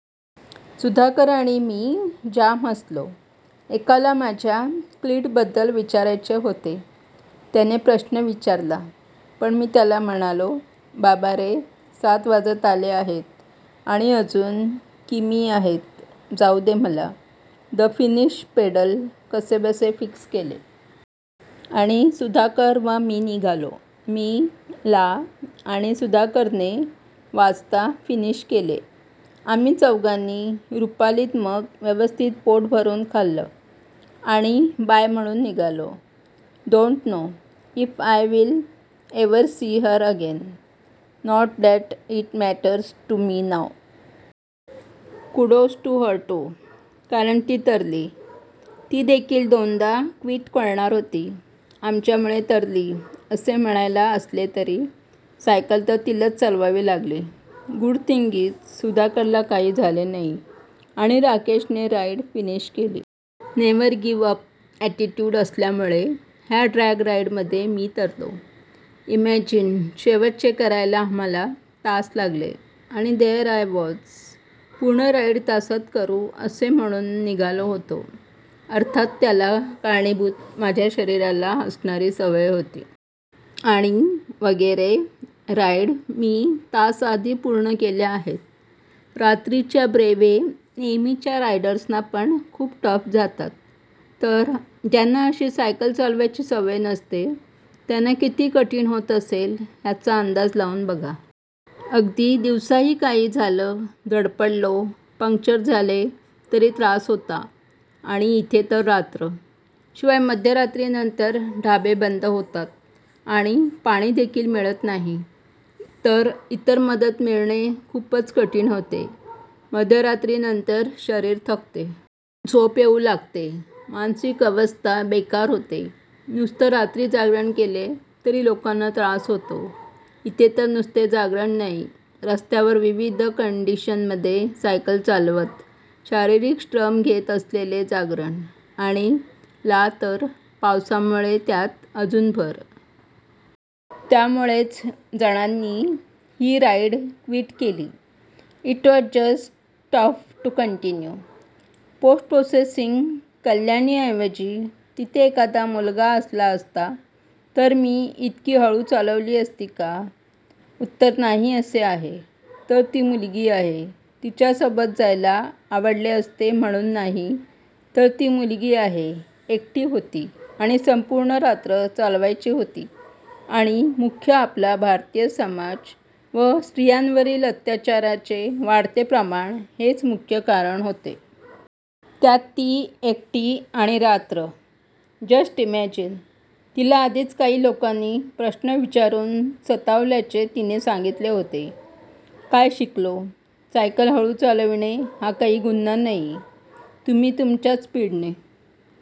सुधाकर आणि मी जाम हसलो. एकाला माझ्या क्लिट बद्दल विचारायचे होते. त्याने प्रश्न विचारला, पण मी त्याला म्हणालो, बाबारे सात वाजत आले आहेत आणि अजून किमी आहेत जाउ दे मला. द फिनिशपेडल कसेबसे फिक्स केले. आणि सुधाकर व मी निघालो. मी ला आणि सुधाकरने वाजता फिनिश केले! आम्ही चौघांनी रुपालीत मग व्यवस्थित पोटभरून खाल्ल आणि बाय म्हणून निघालो. Don't know, if I will ever see her again. Nor that it matters to me now. Kudos to her too! कारण ती तरली, ती देखील दोनदा क्विट करणार होती. आमच्यामुळे तरली असे म्हणायला असले तरी, सायकल तर तिलाच चालवावी लागली! गुड थिंग इज सुधाकरला काही झाले नाही आणि राकेशने राईड फिनिश केली. नेव्हर गिव्ह अप अॅटिट्युड असल्यामुळे ह्या ड्रॅग राईड मध्ये मी तरलो. इमॅजिन, शेवटचे करायला आम्हाला तास लागले, आणि देअर आय वॉज, पूर्ण राईड तासात करू असे म्हणून निघालो होतो. अर्थात त्याला कारणीभूत माझ्या शरीराला असणारी सवय होती. आणि, वगैरे राईड मी, तास आधी पूर्ण केल्या आहेत. रात्रीच्या ब्रेव्हे नेहमीच्या रायडर्सना पण खूप टफ जातात. तर ज्यांना अशी सायकल चालवायची सवय नसते त्यांना किती कठीण होत असेल ह्याचा अंदाज लावून बघा. अगदी दिवसाही काही झालं, धडपडलो, पंक्चर झाले तरी त्रास होता आणि इथे तर रात्र! शिवाय मध्यरात्री नंतर ढाबे बंद होतात आणि पाणी देखील मिळत नाही, तर इतर मदत मिळणे खूपच कठीण होते. मध्यरात्री नंतर शरीर थकते. झोप येऊ लागते. मानसिक अवस्था बेकार होते. नुसतं रात्री जागरण केले तरी लोकांना त्रास होतो, इथे तर नुसते जागरण नाही, रस्त्यावर, विविध कंडीशन मध्ये सायकल चालवत, शारीरिक श्रम घेत केलेले जागरण. आणि ला तर पावसामुळे त्यात अजून भर! त्यामुळेच जणांनी ही राईड क्विट केली. It was just tough to continue! Post प्रोसेसिंगकल्याणी ऐवजी तिथे एखादा मुलगा असला असता तर मी इतकी हळू चालवली असती का? उत्तर नाही असे आहे. तर ती मुलगी आहे, तिच्या सोबत जायला आवडले असते म्हणून नाही, तर ती मुलगी आहे, एकटी होती आणि संपूर्ण रात्र चालवायची होती आणि मुख्य आपला भारतीय समाज व स्त्रीयांवरील अत्याचाराचे वाढते प्रमाण हेच मुख्य कारण होते. त्यात ती एकटी आणि रात्र. Just imagine. तिला आधीच काही लोकांनी प्रश्न विचारून सतावल्याचे तिने सांगीतले होते. काय शिकलो? सायकल हळू चालविणे हा काही गुन्हा नाही, तुम्ही तुमच्याच स्पीडने